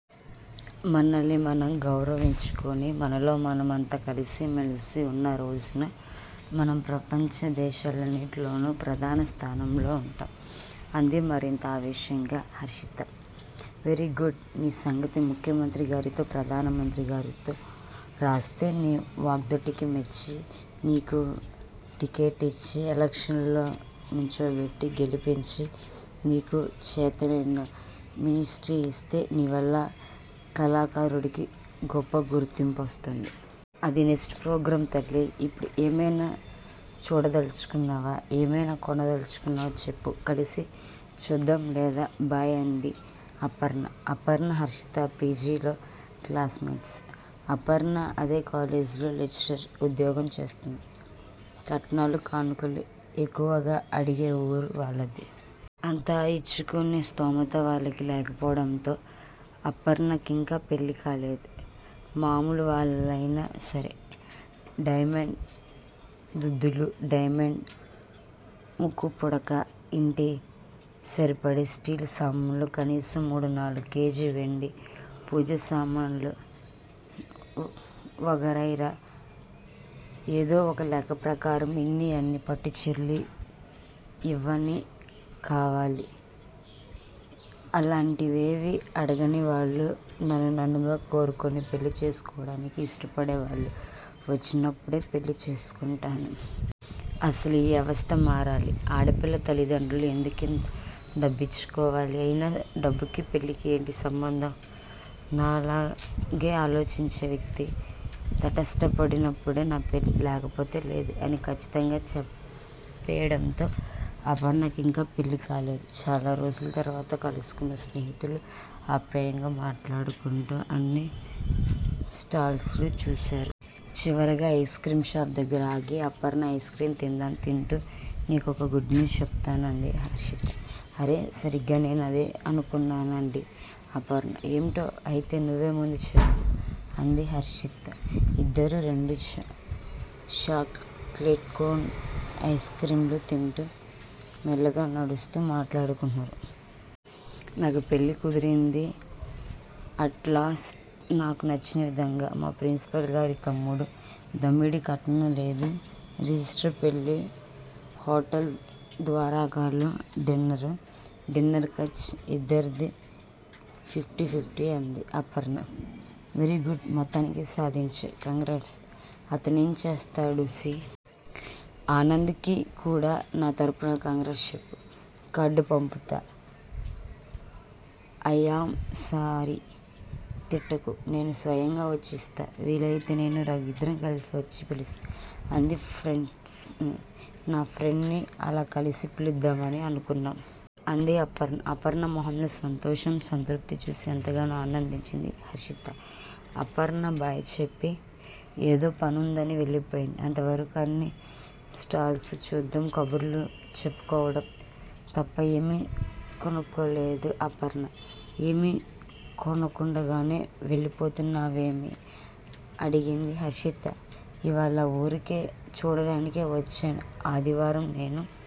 మనని మనం గౌరవించుకుని మనలో మనం అంతా కలిసి మెలిసి ఉన్నరోజున మనం ప్రపంచ దేశాలన్నింట్లోనూ ప్రధన స్థానంలో ఉంటాం అంది మరింత ఆవేశంగా హర్షిత. వెరీ గుడ్ నీ సంగతి ముఖ్యమంత్రిగారితో ప్రధానమంత్రిగారితో రాస్తే నీ వాగ్ధాటికి మెచ్చి, నీకు టిక్కెట్టిచ్చి ఎలక్షన్లలో నుంచోబెట్టి గెలిపించి, నీకు చేతనైనమినిస్ట్రియిస్తే నీ వల్ల కళాకారుడికి గొప్ప గుర్తింపొస్తుంది. అది నెక్స్ట్ ప్రోగ్రాం. తల్లీ! ఇప్పుడు ఏమైనా చూడదలుచుకున్నావా? ఏమైనా కొనదల్చుకున్నావా? చెప్పు, కలిసి చూద్దాం. లేదా 'బాయ్' అంది అపర్ణ., అపర్ణ హర్షిత పి. జి. లో క్లాస్ మెట్స్! అఫర్ణ అదే కాలేజ్ లో లెక్చరర్ ఉద్యోగం చేస్తుంది. కట్నాలూ, కానుకలూ ఎక్కువగా అడిగే ఊరు వాళ్ళది. అంత ఇచ్చుకునే స్థోమత వాళ్ళకి లేకపోవడంతో అపర్ణకింకా పెళ్ళికాలేదు. మామూలు వాళ్ళైనా సరే డైమండ్ దుద్దులూ, డైమండ్ ముక్కుపుడకా, ఇంటికి సరిపడే స్టీలు సామాన్లూ కనీసం మూడునాలుగు కేజీ వెండి పూజసామాన్లూ వగరైరా, ఏదో ఒకలెక్క ప్రకారం ఇన్నీ అని పట్టుచీరలూ ఇవన్నీ కావాలి. అలాంటివేవీ అడగనివాళ్ళు నన్ను నన్నుగా కోరుకుని పెళ్ళి చేసుకోవడానికి ఇష్టపడేవాళ్ళు వచ్చినప్పుడే పెళ్ళి చేసుకుంటాను. అసలు ఈ అవస్థ మారాలి. ఆడపిల్ల తండ్రులు ఎందుకింత్ డబ్బిచ్చుకోవాలి? అయినా డబ్బుకీ, పెళ్ళికీ ఏమిటి సంబంధం? నాలాగే ఆలోచించే వ్యక్తి తటస్థపడినప్పుడే నా పెళ్ళి, లేకపోతే లేదు అని ఖచ్చితంగా చెప్పెయ్యడంతో అపర్ణకింకా పెళ్ళికాలేదు. చాలారోజుల తరువాత కలుసుకున్న స్నేహితులు ఆప్యాయంగా మాట్లాడుకుంటూ అన్ని స్టాల్సూ చూశారు. చివరగా ఐస్ క్రీం షాప్ దగ్గర ఆగి, అపర్ణా ఐస్ క్రీం తిందాం. తింటూ నీకొక గుడ్ న్యూస్ చెప్తాను అంది హర్షిత. అరె! సరిగ్గా నేనూ అదే అనుకున్నాను అంది అపర్ణ. ఏమిటో! అయితే నువ్వే ముందు చెప్పు అంది హర్షిత. ఇద్దరూ రెండు చాక్ లెట్ కోన్ ఐస్ క్రీంలు తింటూ, మెల్లగా నడుస్తూ మాట్లాడుకున్నారు. నాకు పెళ్ళి కుదిరింది. అట్లాస్ నాకు నచ్చిన విధంగా, మా ప్రిన్సిపాల్ గారి తమ్ముడు. దమ్మిడీ కట్నం లేదు. రిజిష్టర్ పెళ్ళి, హోటల్ ద్వారకాలో డిన్నర్. డిన్నర్ ఖర్చు ఇద్దరిదీ ఫిఫ్టీ ఫిఫ్టీ! అంది అపర్ణ. వెరీగుడ్! మొత్తానికి సాధించు! కంగ్రాట్స్! అతనేం చేస్తున్నాడు సి. ఆనంద్ కి కూడా నా తరపున కంగ్రాట్స్ చెప్పు. కార్డ్ పంపుతా ఐయామ్ సారీ తిట్టకు. నేను స్వయంగా వచ్చి ఇస్తా. వీలైతే నేనూ రఘూ ఇద్దరం కలిసే వచ్చి పిలుస్తా. అతని ఫ్రెండ్స్, నా ఫ్రెండ్స్ నీ, అలా కలిసి పిలుద్దామని అనుకున్నా. అంది అపర్ణ. అపర్ణ మొహంలో సంతోషం. సంతృప్తి చూసి ఎంతగానో ఆనందించింది హర్షిత. అపర్ణ 'బై' చెప్పి ఏదో పనుందని వెళ్ళిపోయింది. అంతవరకూ అన్ని స్టాల్సూ చూద్దాం, కబుర్లు చెప్పుకోవడం తప్ప ఏమీ కొనుక్కోలేదు. అపర్ణా, ఏమీ కొనకుండగానే వెళ్ళిపోతున్నావేమి? అడిగింది హర్షిత. ఇవ్వాళ ఊరికే చూడడానికే వచ్చాన్. ఆదివారం నేనూ,